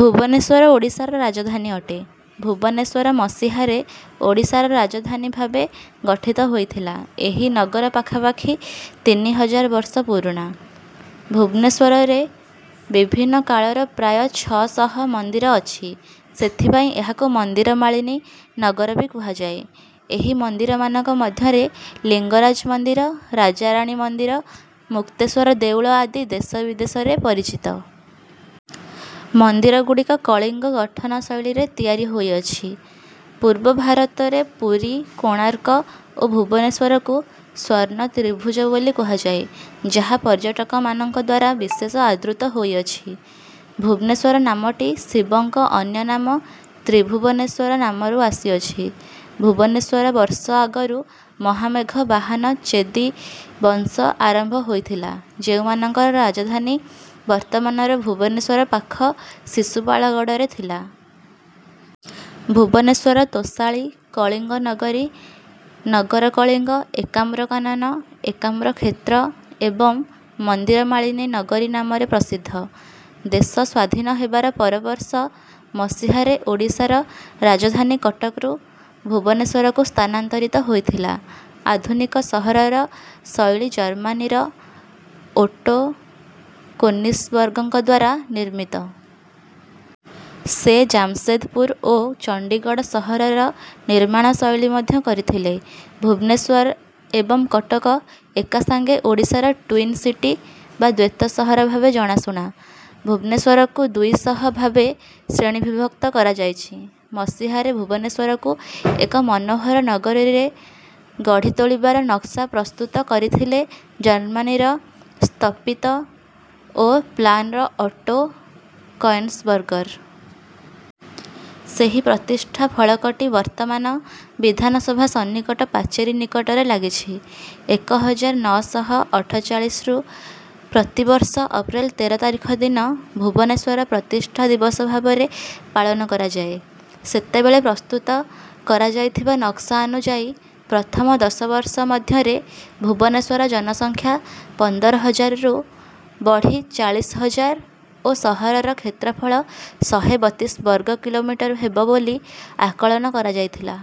ଭୁବନେଶ୍ୱର ଓଡ଼ିଶାର ରାଜଧାନୀ ଅଟେ। ଭୁବନେଶ୍ୱର ମସିହାରେ ଓଡ଼ିଶାର ରାଜଧାନୀ ଭାବେ ଗଠିତ ହୋଇଥିଲା। ଏହି ନଗର ପାଖାପାଖି ତିନିହଜାର ବର୍ଷ ପୁରୁଣା। ଭୁବନେଶ୍ୱରରେ ବିଭିନ୍ନ କାଳର ପ୍ରାୟ ଛଅ ଶହ ମନ୍ଦିର ଅଛି ସେଥିପାଇଁ ଏହାକୁ ମନ୍ଦିର ମାଳିନୀ ନଗର ବି କୁହାଯାଏ। ଏହି ମନ୍ଦିରମାନଙ୍କ ମଧ୍ୟରେ ଲିଙ୍ଗରାଜ ମନ୍ଦିର, ରାଜାରାଣୀ ମନ୍ଦିର, ମୁକ୍ତେଶ୍ୱର ଦେଉଳ ଆଦି ଦେଶ ବିଦେଶରେ ପରିଚିତ। ମନ୍ଦିରଗୁଡିକ କଳିଙ୍ଗ ଗଠନଶୈଳୀରେ ତିଆରି ହୋଇଅଛି। ପୂର୍ବ ଭାରତରେ ପୁରୀ, କୋଣାର୍କ ଓ ଭୁବନେଶ୍ୱରକୁ ସ୍ୱର୍ଣ୍ଣ ତ୍ରିଭୁଜ ବୋଲି କୁହାଯାଏ, ଯାହା ପର୍ଯ୍ୟଟକମାନଙ୍କଦ୍ୱାରା ବିଶେଷ ଆଦୃତ ହୋଇଅଛି। ଭୁବନେଶ୍ୱର ନାମଟି ଶିବଙ୍କ ଅନ୍ୟନାମ ତ୍ରିଭୁବନେଶ୍ୱର ନାମରୁ ଆସିଅଛି। ଭୁବନେଶ୍ୱର ବର୍ଷ ଆଗରୁ ମହାମେଘ ବାହନ ଚେଦି ବଂଶ ଆରମ୍ଭ ହୋଇଥିଲା ଯେଉଁମାନଙ୍କ ରାଜଧାନୀ ବର୍ତ୍ତମାନର ଭୁବନେଶ୍ୱର ପାଖ ଶିଶୁପାଳଗଡ଼ରେ ଥିଲା। ଭୁବନେଶ୍ୱର ତୋଷାଳୀ, କଳିଙ୍ଗ ନଗରୀ, ନଗର କଳିଙ୍ଗ, ଏକାମ୍ର କାନନ, ଏକାମ୍ର କ୍ଷେତ୍ର ଏବଂ ମନ୍ଦିର ମାଳିନୀ ନଗରୀ ନାମରେ ପ୍ରସିଦ୍ଧ। ଦେଶ ସ୍ୱାଧୀନ ହେବାର ପରବର୍ଷ, ମସିହାରେ ଓଡ଼ିଶାର ରାଜଧାନୀ କଟକରୁ ଭୁବନେଶ୍ୱରକୁ ସ୍ଥାନାନ୍ତରିତ ହୋଇଥିଲା। ଆଧୁନିକ ସହରର ଶୈଳୀ ଜର୍ମାନୀର ଓଟୋ କୋନିସବର୍ଗରଙ୍କଦ୍ୱାରା ନିର୍ମିତ। ସେ ଜାମସେଦପୁର ଓ ଚଣ୍ଡୀଗଡ଼ ସହରର ନିର୍ମାଣ ଶୈଳୀ ମଧ୍ୟ କରିଥିଲେ। ଭୁବନେଶ୍ୱର ଏବଂ କଟକ ଏକାସାଙ୍ଗେ ଓଡ଼ିଶାର ଟ୍ୱିନ ସିଟି ବା ଦୈତ ସହ ଭାବେ ଜଣାଶୁଣା। ଭୁବନେଶ୍ୱରକୁ ଦୁଇ ସହର ଭାବେ ଶ୍ରେଣୀବିଭକ୍ତ କରାଯାଇଛି। ମସିହାରେ, ଭୁବନେଶ୍ୱରକୁ ଏକ ମନହୋର ନଗରୀରେ ଗଢି ତୋଳିବାର ନକ୍ସା ପ୍ରସ୍ତୁତ କରିଥିଲେ ଜର୍ମାନୀର ସ୍ଥପତି ଓ ପ୍ଲାନର ଅଟୋ କଏନ୍ସବର୍ଗର। ସେହି ପ୍ରତିଷ୍ଠା ଫଳକଟି ବର୍ତ୍ତମାନ ବିଧାନ ସଭା ସନ୍ନିକଟ ପାଚେରୀ ନିକଟରେ ଲାଗିଛି। ଏକ ହଜାର ନଅ ଶହ ଅଠଚାଳିଶି ରୁ ପ୍ରତିବର୍ଷ ଅପ୍ରେଲ ତେର ତାରିଖ ଦିନ, ଭୁବନେଶ୍ୱର ପ୍ରତିଷ୍ଠା ଦିବସ ଭାବରେ ପାଳନ କରାଯାଏ। ସେତେବେଳେ ପ୍ରସ୍ତୁତ କରାଯାଇଥିବା ନକ୍ସା ଅନୁଯାୟୀ, ପ୍ରଥମ ଦଶ ବର୍ଷ ମଧ୍ୟରେ ଭୁବନେଶ୍ୱର ଜନସଂଖ୍ୟା ପନ୍ଦର ହଜାରରୁ ବଢି ଚାଳିଶ ହଜାର ଓ ସହରର କ୍ଷେତ୍ରଫଳ ଶହେ ବତିଶ ବର୍ଗ କିଲୋମିଟର ହେବ ବୋଲି ଆକଳନ କରାଯାଇଥିଲା।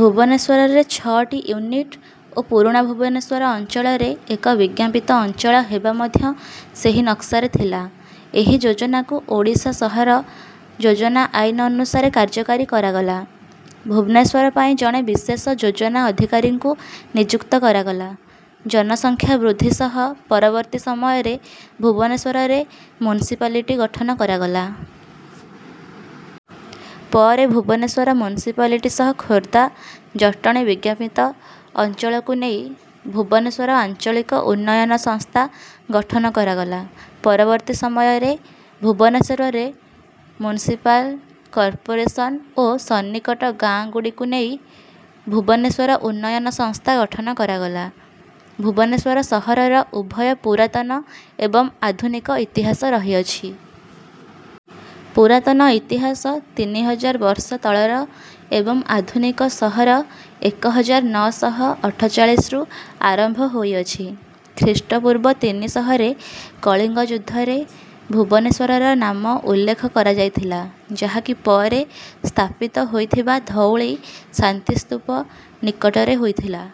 ଭୁବନେଶ୍ୱରରେ ଛଅଟି ୟୁନିଟ ଓ ପୁରୁଣା ଭୁବନେଶ୍ୱର ଅଞ୍ଚଳରେ ଏକ ବିଜ୍ଞାପିତ ଅଞ୍ଚଳ ହେବା ମଧ୍ୟ ସେହି ନକ୍ସାରେ ଥିଲା। ଏହି ଯୋଜନାକୁ ଓଡ଼ିଶା ସହର ଯୋଜନା ଆଇନ ଅନୁସାରେ କାର୍ଯ୍ୟକାରି କରାଗଲା। ଭୁବନେଶ୍ୱର ପାଇଁ ଜଣେ ବିଶେଷ ଯୋଜନା ଅଧିକାରୀଙ୍କୁ ନିଯୁକ୍ତ କରାଗଲା। ଜନସଂଖ୍ୟା ବୃଦ୍ଧି ସହ ପରବର୍ତ୍ତୀ ସମୟରେ, ଭୁବନେଶ୍ୱରରେ ମୁନିସିପାଲିଟି ଗଠନ କରାଗଲା। ପରେ ଭୁବନେଶ୍ୱର ମୁନିସିପାଲିଟି ସହ ଖୋର୍ଦ୍ଦା, ଜଟଣୀ ବିଜ୍ଞାପିତ ଅଞ୍ଚଳକୁ ନେଇ "ଭୁବନେଶ୍ୱର ଆଞ୍ଚଳିକ ଉନ୍ନୟନ ସଂସ୍ଥା" ଗଠନ କରାଗଲା। ପରବର୍ତ୍ତୀ ସମୟରେ, ଭୁବନେଶ୍ୱରରେ ମୁନିସିପାଲ କର୍ପୋରେସନ ଓ ସନ୍ନିକଟ ଗାଁଗୁଡିକୁ ନେଇ ଭୁବନେଶ୍ୱର ଉନ୍ନୟନ ସଂସ୍ଥା ଗଠନ କରାଗଲା। ଭୁବନେଶ୍ୱର ସହରର ଉଭୟ ପୁରାତନ ଏବଂ ଆଧୁନିକ ଇତିହାସ ରହିଅଛି। ପୁରାତନ ଇତିହାସ ତିନି ହଜାର ବର୍ଷ ତଳର ଏବଂ ଆଧୁନିକ ସହର ଏକ ହଜାର ନଅ ଶହ ଅଠଚାଳିଶି ରୁ ଆରମ୍ଭ ହୋଇ ଅଛି। ଖ୍ରୀଷ୍ଟପୂର୍ବ ତିନି ଶହ ରେ କଳିଙ୍ଗ ଯୁଦ୍ଧରେ ଭୁବନେଶ୍ୱରର ନାମ ଉଲ୍ଲେଖ କରାଯାଇଥିଲା ଯାହାକି ପରେ ସ୍ଥାପିତ ହୋଇଥିବା ଧଉଳି ଶାନ୍ତିସ୍ତୁପ ନିକଟରେ ହୋଇଥିଲା।